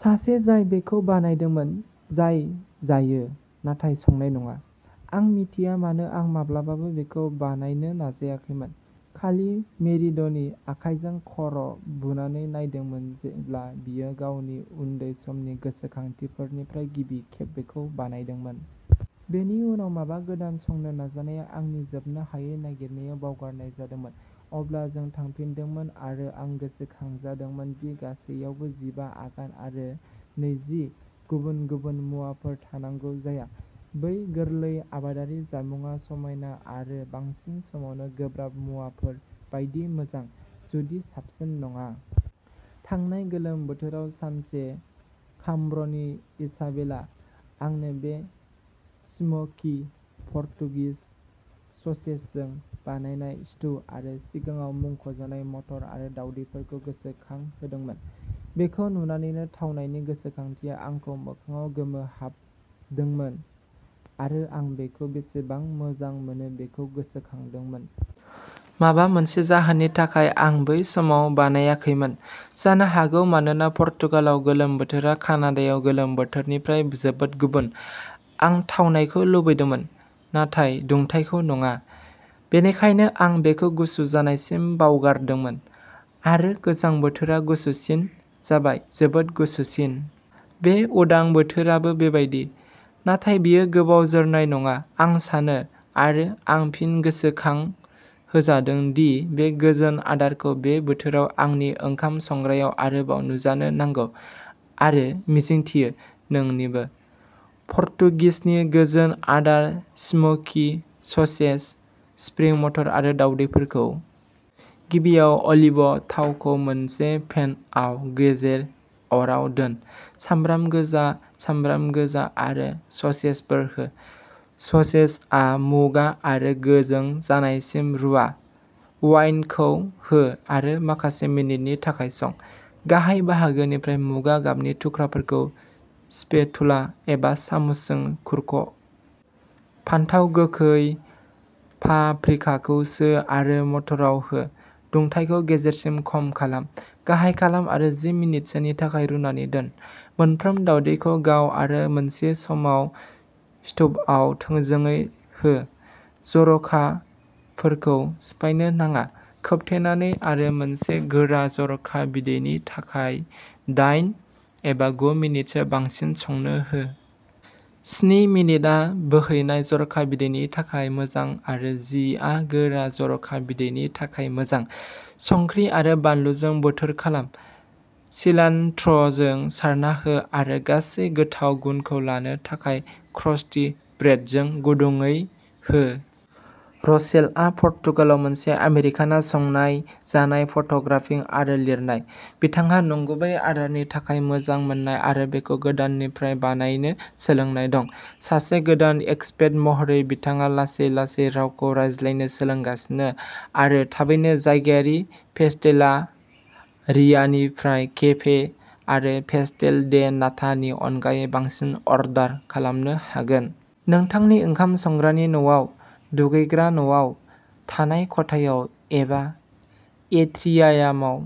सासे जाय बेखौ बानायदोंमोन, जाय जायो नाथाय संनाय नङा। आं मिथिया मानो आं माब्लाबाबो बेखौ बानायनो नाजाखैमोन, खालि मेरिड'नि आखाइजों खर' बुनानै नायदोंमोन जेब्ला बियो गावनि उन्दै समनि गोसोखांथिफोरनिफ्राय गिबि खेब बेखौ बानायदोंमोन। बेनि उनाव माबा गोदान संनो नाजानाया आंनि जोबनो हायै नागिरनायाव बावगारनाय जादोंमोन। अब्ला जों थांफिनदोंमोन आरो आं गोसोखांजादोंमोन दि गासैयावबो जिबा आगान आरो नैजि गुबुन-गुबुन मुवाफोर थानांगौ जाया। बै गोरलै आबादारि जामुंआ समायना आरो बांसिन समावनो गोब्राब मुवाफोर बायदि मोजां, जुदि साबसिन नङा। थांनाय गोलोम बोथोराव सानसे, क्राम्बनि इसाबेला, आंनो बे स्मोकी पर्तुगिस ससेजजों बानायनाय स्टु आरो सिगाङाव मुंख'जानाय मटर आरो दावदैफोरखौ गोसोखांहोदोंमोन। बेखौ नुनानैनो थावनायनि गोसोखांथिया आंखौ मोखांआव गोमोहाबदोंमोन आरो आं बेखौ बेसेबां मोजां मोनो बेखौ गोसोखांदोंमोन। माबा मोनसे जाहोननि थाखाय आं बै समाव बानायाखैमोन। जानो हागौ मानोना पर्तुगालाव गोलोम बोथोरा कानाडायाव गोलोम बोथोरनिफ्राय जोबोद गुबुन। आं थावनायखौ लुबैदोंमोन, नाथाय दुंथाइखौ नङा, बेनिखायनो आं बेखौ गुसु जानायसिम बावगारदोंमोन। आरो गोजां बोथोरा गुसुसिन जाबाय, जोबोद गुसुसिन। बे उदां बोथोराबो बेबायदि, नाथाय बेयो गोबाव जोरनाय नङा आं सानो आरो आं फिन गोसोखांहोजादों दि बे गोजोन आदारखौ बे बोथोराव आंनि ओंखाम संग्रायाव आरोबाव नुजानो नांगौ आरो मिजिंथियो नोंनिबो। पर्तुगिसनि गोजोन आदार स्मोकी ससेज, स्प्रिं मटर आरो दावदैफोरखौ। गिबियाव अलिभ थावखौ मोनसे पेनआव गेजेर अराव दोन। सामब्राम गोजा, सामब्राम गोजा आरो ससेजफोर हो। ससेजआ मुगा आरो गोजों जानायसिम रुवा। वाइनखौ हो आरो माखासे मिनिटनि थाखाय सं, गाहाय बाहागोनिफ्राय मुगा गाबनि थुख्राफोरखौ स्पेटुला एबा सामुसजों खुरख'। फानथाव गोखै, पाप्रिकाखौ सो आरो मटराव हो। दुंथायखौ गेजेरसिम खम खालाम। गाहाय खालाम आरो जि मिनिटसोनि थाखाय रुनानै दोन। मोनफ्रोम दावदैखौ गाव आरो मोनसे समाव स्टुवआव थोंजोङै हो, जर'खाफोरखौ सिफायनो नाङा। खोबथेनानै आरो मोनसे गोरा जर'खा बिदैनि थाखाय दाइन एबा गु मिनिटसो बांसिन संनो हो। स्नि मिनिटआ बोहैनाय जर'खा बिदैनि थाखाय मोजां आरो जि आ गोरा जर'खा बिदैनि थाखाय मोजां। संख्रि आरो बानलुजों बोथोर खालाम। सिलान्ट्र'जों सारना हो आरो गासै गोथाव गुनखौ लानो थाखाय क्रस्टि ब्रेडजों गुदुंयै हो। र'शेलआ पर्तुगालाव मोनसे आमेरिकाना संनाय, जानाय, फट'ग्राफिं आरो लिरनाय। बिथांहा नंगुबै आदारनि थाखाय मोजां मोननाय आरो बेखौ गोदाननिफ्राय बानायनो सोलोंनाय दं। सासे गोदान एक्सपेट महरै बिथाङा लासै-लासै रावखौ रायज्लायनो सोलोंगासिनो आरो थाबैनो जायगायारि पेस्टेलारियानिफ्राय केफे आरो पेस्टेल डे नाटानि अनगायै बांसिन अर्डार खालामनो हागोन। नोंथांनि ओंखाम संग्रानि न'आव, दुगैग्रा न'आव, थानाय खथायाव, एबा एट्रियामाव,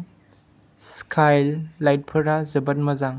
स्काइलाइटफोरा जोबोद मोजां।